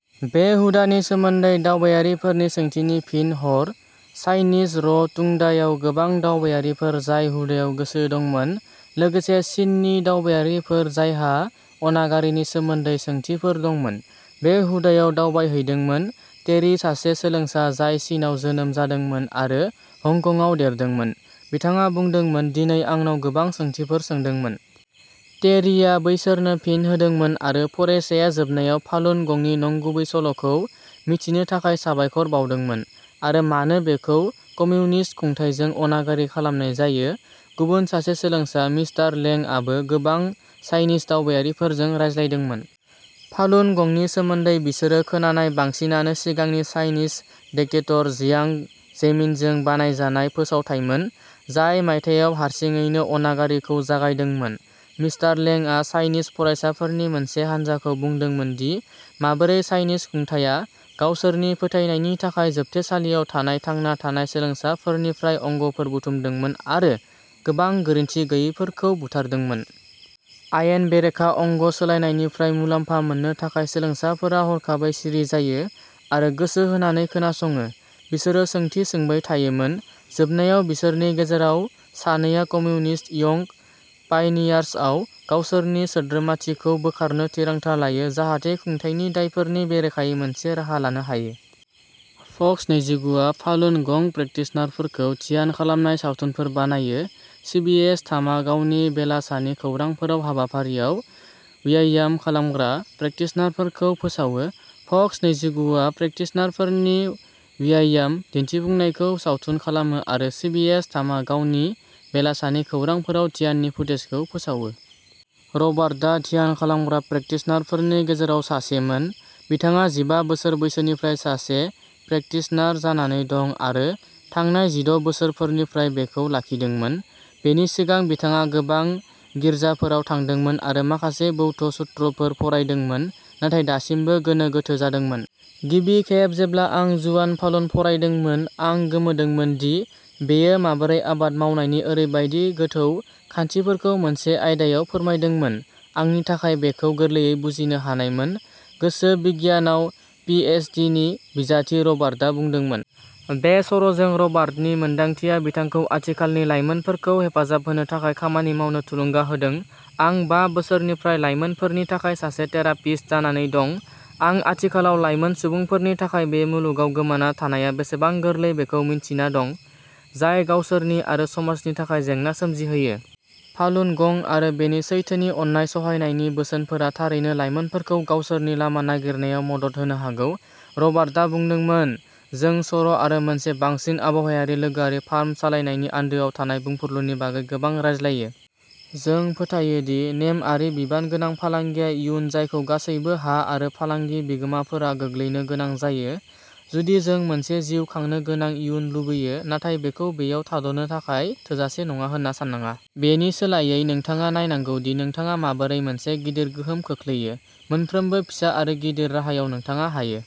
बे हुदानि सोमोन्दै दावबायारिफोरनि सोंथिनि फिन हर। चाइनिज र' टुंडायाव गोबां दावबायारिफोर जाय हुदायाव गोसो दंमोन, लोगोसे चीननि दावबायारिफोर जायहा अनागारिनि सोमोन्दै सोंथिफोर दंमोन, बे हुदायाव दावबायहैदोंमोन। टेरि, सासे सोलोंसा जाय चीनआव जोनोम जादोंमोन आरो हंकंआव देरदोंमोन, बिथाङा बुंदोंमोन, "दिनै आंनाव गोबां सोंथिफोर सोंदोंमोन।" टेरिआ बैसोरनो फिन होदोंमोन आरो फरायसाया जोबनायाव फालुन गंनि नंगुबै सल'खौ मिथिनो थाखाय साबायखर बावदोंमोन आरो मानो बेखौ कम्युनिस्ट खुंथायजों अनागारि खालामनाय जायो। गुबुन सासे सोलोंसा, मिस्टार लें, आबो गोबां चाइनीज दावबायारिफोरजों रायज्लायदोंमोन। फालुन गंनि सोमोन्दै बिसोरो खोनानाय बांसिनानो सिगांनि चाइनीज डिक्टेटर जियांग जेमिनजों बानायजानाय फोसावथायमोन, जाय मायथाइयाव हारसिङैनो अनागारिखौ जागायदोंमोन। मिस्टार लेंआ चाइनीज फरायसाफोरनि मोनसे हानजाखौ बुंदोंमोन दि माबोरै चाइनीज खुंथायआ गावसोरनि फोथायनायनि थाखाय जोबथेसालियाव थानाय थांना थानाय सोलोंसाफोरनिफ्राय अंगफोर बुथुमदोंमोन आरो गोबां गोरोनथि गैयैफोरखौ बुथारदोंमोन। आयेन बेरेखा अंग सोलायनायनिफ्राय मुलाम्फा मोननो थाखाय सोलोंसाफोरा हरखाबै सिरि जायो आरो गोसो होनानै खोनासङो। बिसोरो सोंथि सोंबाय थायोमोन। जोबनायाव, बिसोरनि गेजेराव सानैया कमिउनिस्ट यंग पायनियार्सआव गावसोरनि सोद्रोमाथिखौ बोखारनो थिरांथा लायो, जाहाथे खुंथायनि दायफोरनि बेरेखायै मोनसे राहा लानो हायो। फक्स नैजिगु आ फालुन गं प्रेकटिशनारफोरखौ ध्यान खालामनाय सावथुनफोर बानायो। सिबिएस थामआ गावनि बेलासानि खौरांफोराव हाबाफारियाव व्यायाम खालामग्रा प्रेकटिशनारफोरखौ फोसावो। फक्स नैजिगुआ प्रेकटिशनारफोरनि व्यायाम दिन्थिफुंनायखौ सावथुन खालामो आरो सिबिएस थामआ गावनि बेलासानि खौरांफोराव ध्याननि फुटेजखौ फोसावो। रबार्टआ ध्यान खालामग्रा प्रेकटिशनारफोरनि गेजेराव सासेमोन। बिथाङा जिबा बोसोर बैसोनिफ्राय सासे प्रेकटिशनार जानानै दं आरो थांनाय जिद' बोसोरफोरनिफ्राय बेखौ लाखिदोंमोन। बेनि सिगां बिथाङा गोबां गिर्जाफोराव थांदोंमोन आरो माखासे बौद्ध सुत्रफोर फरायदोंमोन नाथाय दासिमबो गोनो गोथो जादोंमोन। "गिबि खेब जेब्ला आं झुआन फालुन फरायदोंमोन, आं गोमोदोंमोन दि बेयो माबोरै आबाद मावनायनि ओरैबायदि गोथौ खान्थिफोरखौ मोनसे आयदायाव फोरमायदोंमोन। आंनि थाखाय बेखौ गोरलैयै बुजिनो हानायमोन", गोसो बिगियानाव पि एइच डि नि बिजाथि रबार्टआ बुंदोंमोन। बे सर'जों रबार्टनि रोंमोन्दांथिया बिथांखौ आथिखालनि लाइमोनफोरखौ हेफाजाब होनो थाखाय खामानि मावनो थुलुंगा होदों।" आं बा बोसोरनिफ्राय लाइमोनफोरनि थाखाय सासे थेरापिस्ट जानानै दं आरो आथिखालाव लाइमोन सुबुंफोरनि थाखाय बे मुलुगाव गोमाना थानाया बेसेबां गोरलै बेखौ मिन्थिना दं, जाय गावसोरनि आरो समाजनि थाखाय जेंना सोमजिहोयो। फालुन गं आरो बेनि सैथोथि अननाय सहायनायनि बोसोनफोरा थारैनो लाइमोनफोरखौ गावसोरनि लामा नागिरनायाव मदद होनो हागौ ", रबार्टआ बुंदोंमोन। जों सर' आरो मोनसे बांसिन आबहावायारि लोगोआरि फार्म सालायनायनि आन्दोआव थानाय बुंफुरलुनि बागै गोबां रायज्लायो। जों फोथायो दि नेमआरि, बिबानगोनां फालांगिया इयुन जायखौ गासैबो हा आरो फालांगि बिगोमाफोरा गोग्लैनो गोनां जायो जुदि जों मोनसे जिउ खांनो गोनां इयुन लुबैयो। नाथाय बेखौ बेयाव थाद'नो थाखाय थोजासे नङा होन्ना साननाङा। बेनि सोलायै, नोंथाङा नायनांगौ दि नोंथाङा माबोरै मोनसे गिदिर गोहोम खोख्लैयो। मोनफ्रोमबो फिसा आरो गिदिर राहायाव नोंथाङा हायो।